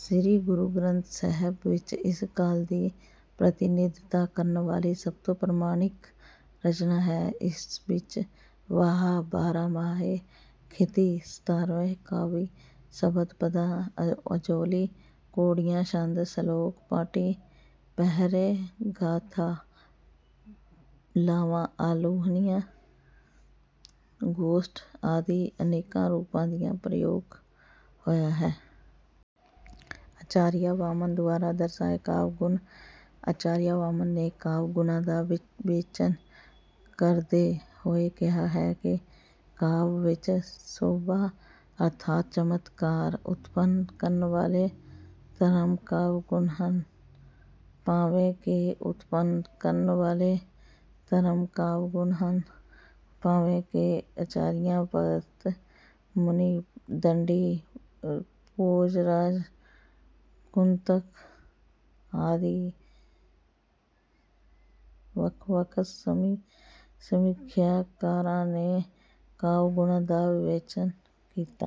ਸ੍ਰੀ ਗੁਰੂ ਗ੍ਰੰਥ ਸਾਹਿਬ ਵਿੱਚ ਇਸ ਕਾਲ ਦੀ ਪ੍ਰਤੀਨਿਧਤਾ ਕਰਨ ਵਾਲੀ ਸਭ ਤੋਂ ਪ੍ਰਮਾਣਿਕ ਰਚਨਾ ਹੈ। ਇਸ ਵਿੱਚ ਵਾਰਾਂ, ਬਾਰਾਮਾਹੇ, ਖਿਤੀ, ਸਤਾਰਵੇ, ਕਾਫੀ, ਸ਼ਬੱਦ, ਪਦਾਂ, ਅਜੋਲੀ, ਘੋੜੀਆਂ, ਛੰਦ, ਸਲੋਕ, ਪਟੀ, ਪਹਿਰੇ, ਗਾਥਾ, ਲਾਵਾਂ, ਅਲਾਹੁਣੀਆਂ, ਗੋਸਟ ਆਦਿ ਅਨੇਕਾਂ ਰੂਪਾਂ ਦਾ ਪ੍ਰਯੋਗ ਹੋਇਆ ਹੈ। ਆਚਾਰੀਆ ਵਾਮਨ ਦੁਆਰਾ ਦਰਸਾਏ ਕਾਵਿ-ਗੁਣ ਆਚਾਰੀਆ ਵਾਮਨ ਨੇ ਕਾਵਿ-ਗੁਣਾਂ ਦਾ ਵਿਵੇਚਨ ਕਰਦੇ ਹੋਏ ਕਿਹਾ ਹੈ ਕਿ ਕਾਵਿ ਵਿੱਚ ਸ਼ੋਭਾ ਅਰਥਾਤ ਚਮਤਕਾਰ ਉਤਪੰਨ ਕਰਨ ਵਾਲੇ ਧਰਮ ਕਾਵਿ-ਗੁਣ ਹਨ। ਭਾਵੇਂ ਕਿ ਆਚਾਰੀਆ ਭਰਤ ਮੁਨੀ, ਦੰਡੀ, ਭੋਜ ਰਾਜ, ਕੁੰਤਕ ਆਦਿ ਵੱਖ-ਵੱਖ ਸਮੀਖਿਆਕਾਰਾਂ ਨੇ ਕਾਵਿ-ਗੁਣਾਂ ਦਾ ਵਿਵਚੇਨ ਕਰਦੇ ਹੋਏ ਇਨ੍ਹਾਂ ਦੇ ਵੱਖ-ਵੱਖ ਭੇਦ ਕੀਤੇ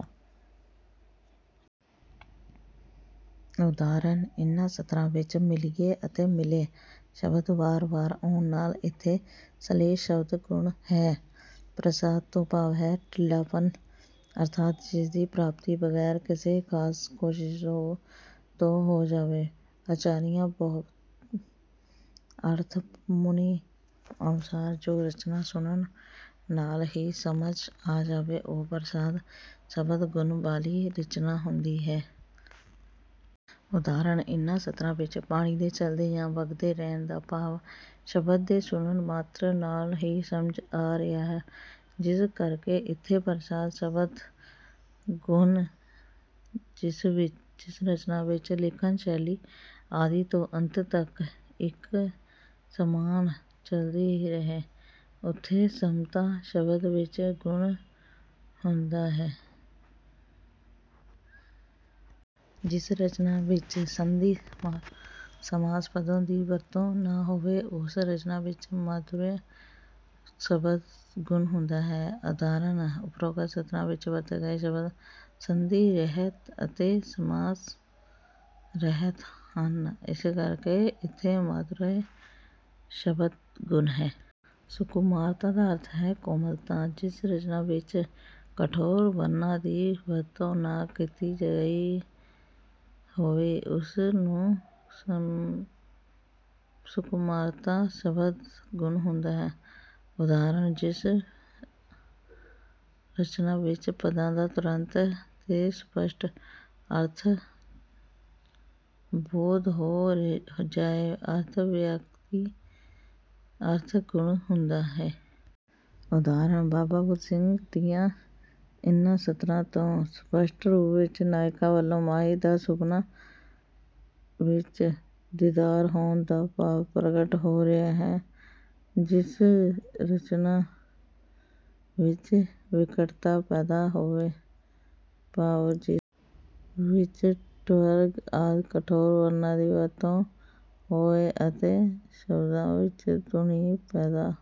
ਹਨ। ਉਦਾਹਰਣ- ਇਨ੍ਹਾਂ ਸਤਰਾਂ ਵਿੱਚ 'ਮਿਲਿਐ' ਅਤੇ 'ਮਿਲੈ' ਸ਼ਬਦ ਵਾਰ-ਵਾਰ ਆਉਣ ਨਾਲ ਇਥੇ ਸ਼ਲੇਸ਼ ਸ਼ਬਦ ਗੁਣ ਹੈ। ਪ੍ਰਸਾਦ ਤੋਂ ਭਾਵ ਹੈ ਢਿੱਲਾਪਣ ਅਰਥਾਤ ਜਿਸ ਦੀ ਪ੍ਰਾਪਤੀ ਬਗ਼ੈਰ ਕਿਸੇ ਖਾਸ ਕੋਸ਼ਿਸ਼ ਤੋਂ ਹੋ ਜਾਵੇ। ਆਚਾਰੀਆ ਭਰਤ ਮੁਨੀ ਅਨੁਸਾਰ ਜੋ ਰਚਨਾ ਸੁਣਨ ਨਾਲ ਹੀ ਸਮਝ ਆ ਜਾਵੇ ਉਹ ਪ੍ਰਸਾਦ ਸ਼ਬਦ ਗੁਣ ਵਾਲੀ ਰਚਨਾ ਹੁੰਦੀ ਹੈ। ਉਦਾਹਰਣ- ਇਨ੍ਹਾਂ ਸਤਰਾਂ ਵਿੱਚ ਪਾਣੀ ਦੇ ਚਲਦੇ ਜਾਂ ਵਗਦੇ ਰਹਿਣ ਦਾ ਭਾਵ ਸ਼ਬਦਾਂ ਦੇ ਸੁਣਨ ਮਾਤ੍ਰ ਨਾਲ ਹੀ ਸਮਝ ਆ ਰਿਹਾ ਹੈ, ਜਿਸ ਕਰਕੇ ਇਥੇ ਪ੍ਰਸਾਦ ਸ਼ਬਦ ਗੁਣ ਹੈ। ਜਿਸ ਰਚਨਾ ਵਿੱਚ ਲਿਖਣ ਸ਼ੈਲੀ ਆਦਿ ਤੋਂ ਅੰਤ ਤੱਕ ਇੱਕ ਸਮਾਨ ਚਲਦੀ ਰਹੇ ਉਥੇ ਸਮਤਾ ਸ਼ਬਦ ਗੁਣ ਹੁੰਦਾ ਹੈ। ਜਿਸ ਰਚਨਾ ਵਿੱਚ ਸੰਧੀ-ਸਮਾਸ ਪਦਾਂ ਦੀ ਵਰਤੋਂ ਨਾ ਹੋਵੇ ਉਸ ਰਚਨਾ ਵਿੱਚ ਮਾਧੁਰਯ ਸ਼ਬਦ ਗੁਣ ਹੁੰਦਾ ਹੈ। ਉਦਾਹਰਣ- ਓਪਰੋਕਤ ਸਤਰਾਂ ਵਿੱਚ ਵਰਤੇ ਗਏ ਸ਼ਬਦ ਸੰਧੀ ਰਹਿਤ ਅਤੇ ਸਮਾਸ ਰਹਿਤ ਹਨ ਇਸ ਕਰਕੇ ਇਥੇ ਮਾਧੁਰਯ ਸ਼ਬਦ ਗੁਣ ਹੈ। ਸੁਕੁਮਾਰਤਾ ਦਾ ਅਰਥ ਹੈ ਕੋਮਲਤਾ। ਜਿਸ ਰਚਨਾ ਵਿੱਚ ਕਠੋਰ ਵਰਣਾਂ ਦੀ ਵਰਤੋਂ ਨਾ ਕੀਤੀ ਗਈ ਹੋਵੇ ਉਥੇ ਸੁਕੁਮਾਰਤਾ ਸ਼ਬਦ ਗੁਣ ਹੁੰਦਾ ਹੈ। ਉਦਾਹਰਣ- ਜਿਸ ਰਚਨਾ ਵਿੱਚ ਪਦਾਂ ਦਾ ਤੁਰੰਤ ਤੇ ਸਪਸ਼ਟ ਅਰਥ ਬੋਧ ਹੋ ਜਾਏ, ਅਰਥ-ਵਿਅਕਤੀ ਅਰਥ ਗੁਣ ਹੁੰਦਾ ਹੈ। ਉਦਾਹਰਣ- ਬਾਵਾ ਬੁੱਧ ਸਿੰਘ ਦੀਆਂ ਇਨ੍ਹਾਂ ਸਤਰਾਂ ਤੋਂ ਸਪਸ਼ਟ ਰੂਪ ਵਿੱਚ ਨਾਇਕਾ ਵੱਲੋਂ ਮਾਹੀ ਦਾ ਸੁਪਨੇ ਵਿੱਚ ਦੀਦਾਰ ਹੋਣ ਦਾ ਭਾਵ ਪ੍ਰਗਟ ਹੋ ਰਿਹਾ ਹੈ। ਜਿਸ ਰਚਨਾ ਵਿੱਚ ਵਿਕਟਤਾ ਪੈਦਾ ਹੋਵੇ, ਭਾਵ ਜਿਸ ਵਿੱਚ ਟਵਰਗ ਆਦਿ ਕਠੋਰ ਵਰਣਾਂ ਦੀ ਵਰਤੋਂ ਹੋਵੇ ਅਤੇ ਸ਼ਬਦਾਂ ਵਿੱਚ ਧ੍ਵਨੀ ਪੈਦਾ